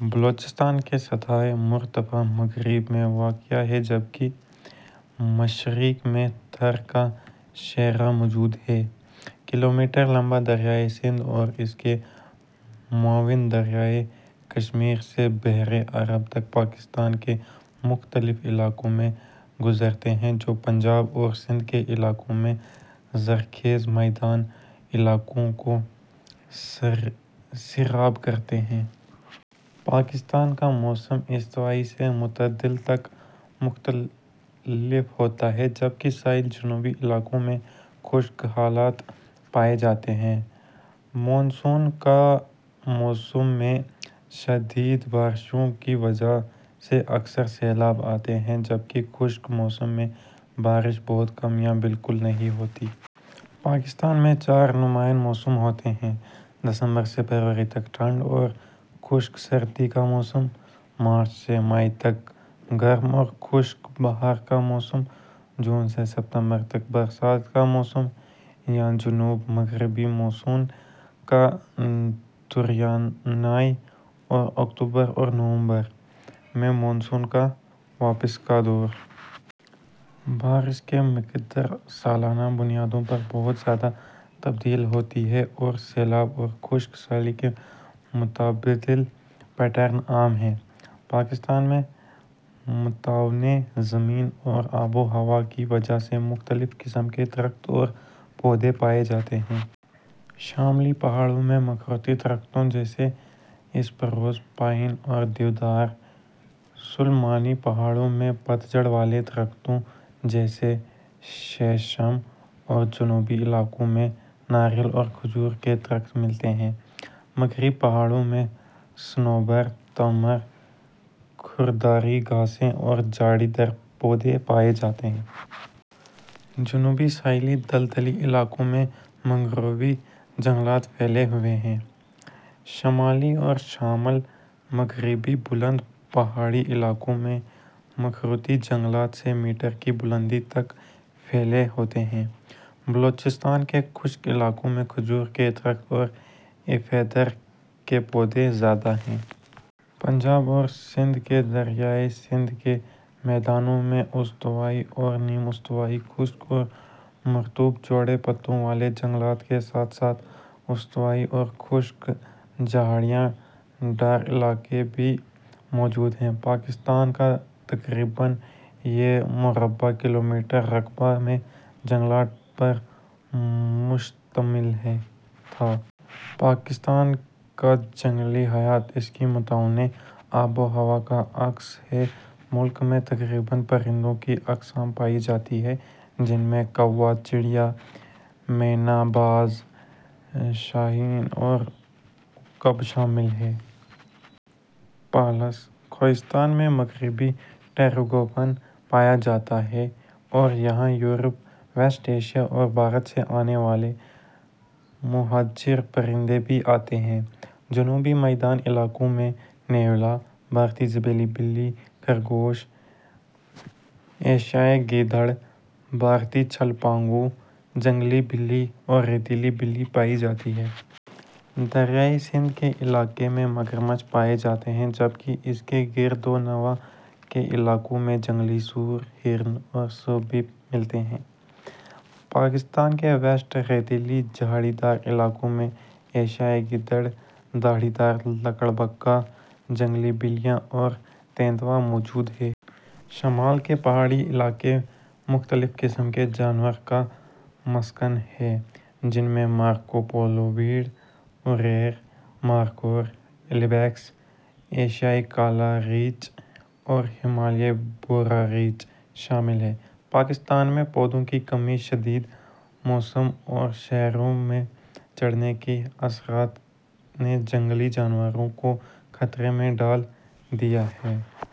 بلوچستان کا سطح مرتفع مغرب میں واقع ہے جبکہ مشرق میں تھر کا صحرا موجود ہے۔ کلومیٹر لمبا دریائے سندھ اور اس کے معاون دریا کشمیر سے بحیرہ عرب تک پاکستان کے مختلف علاقوں سے گزرتے ہیں، جو پنجاب اور سندھ کے علاقوں میں زرخیز میدانی علاقوں کو سیراب کرتے ہیں۔ پاکستان کا موسم استوائی سے معتدل تک مختلف ہوتا ہے، جبکہ ساحلی جنوبی علاقوں میں خشک حالات پائے جاتے ہیں۔ مون سون کے موسم میں شدید بارشوں کی وجہ سے اکثر سیلاب آتے ہیں، جبکہ خشک موسم میں بارش بہت کم یا بالکل نہیں ہوتی۔ پاکستان میں چار نمایاں موسم ہوتے ہیں: دسمبر سے فروری تک ٹھنڈا اور خشک سردی کا موسم؛ مارچ سے مئی تک گرم اور خشک بہار کا موسم؛ جون سے ستمبر تک برسات کا موسم یا جنوب مغربی مون سون کا دورانیہ؛ اور اکتوبر اور نومبر میں مون سون کا واپسی کا دور۔ بارش کی مقدار سالانہ بنیادوں پر بہت زیادہ تبدیل ہوتی ہے اور سیلاب اور خشک سالی کے متبادل پیٹرن عام ہیں۔ پاکستان میں متنوع زمین اور آب و ہوا کی وجہ سے مختلف قسم کے درخت اور پودے پائے جاتے ہیں۔ شمالی پہاڑوں میں مخروطی درختوں جیسے اسپروس، پائن اور دیودار، سلیمان پہاڑوں میں پت جھڑ والے درختوں جیسے شیشم اور جنوبی علاقوں میں ناریل اور کھجور کے درخت ملتے ہیں۔ مغربی پہاڑوں میں صنوبر، تمر، کھردری گھاسیں اور جھاڑی دار پودے پائے جاتے ہیں۔ جنوبی ساحلی دلدلی علاقوں میں مینگروو جنگلات پھیلے ہوئے ہیں۔ شمالی اور شمال مغربی بلند پہاڑی علاقوں میں مخروطی جنگلات سے میٹر کی بلندی تک پھیلے ہوتے ہیں۔ بلوچستان کے خشک علاقوں میں کھجور کے درخت اور افیڈرا کے پودے زیادہ ہیں۔ پنجاب اور سندھ کے دریائے سندھ کے میدانوں میں استوائی اور نیم استوائی خشک اور مرطوب چوڑے پتوں والے جنگلات کے ساتھ ساتھ استوائی اور خشک جھاڑی دار علاقے بھی موجود ہیں۔ پاکستان کا تقریباً یا مربع کلومیٹر رقبہ میں جنگلات پر مشتمل تھا۔ پاکستان کا جنگلی حیات اس کی متنوع آب و ہوا کا عکس ہے۔ ملک میں تقریباً پرندوں کی اقسام پائی جاتی ہیں جن میں کوا، چڑیا، مینا، باز، شاہین اور عقاب شامل ہیں۔ پالس، کوہستان میں مغربی ٹریگوپن پایا جاتا ہے اور یہاں یورپ، وسطی ایشیا اور بھارت سے آنے والے مہاجر پرندے بھی آتے ہیں۔ جنوبی میدانی علاقوں میں نیولا، بھارتی زبیلی بلی، خرگوش، ایشیائی گیدڑ، بھارتی چھلپانگو، جنگلی بلی اور ریتلی بلی پائی جاتی ہیں۔ دریائے سندھ کے علاقے میں مگرمچھ پائے جاتے ہیں جبکہ اس کے اردگرد کے علاقوں میں جنگلی سور، ہرن اور سیہ بھی ملتے ہیں۔ پاکستان کے وسطی ریتیلے جھاڑی دار علاقوں میں ایشیائی گیدڑ، دھاری دار لگڑبگڑ، جنگلی بلیاں اور تیندوا موجود ہیں۔ شمال کے پہاڑی علاقے مختلف قسم کے جانوروں کا مسکن ہیں جن میں مارکو پولو بھیڑ، اورئیل، مارخور، آئبیکس، ایشیائی کالا ریچھ اور ہمالیائی بھورا ریچھ شامل ہیں۔ پاکستان میں پودوں کی کمی، شدید موسم اور صحراوں میں چرنے کے اثرات نے جنگلی جانوروں کو خطرے میں ڈال دیا ہے۔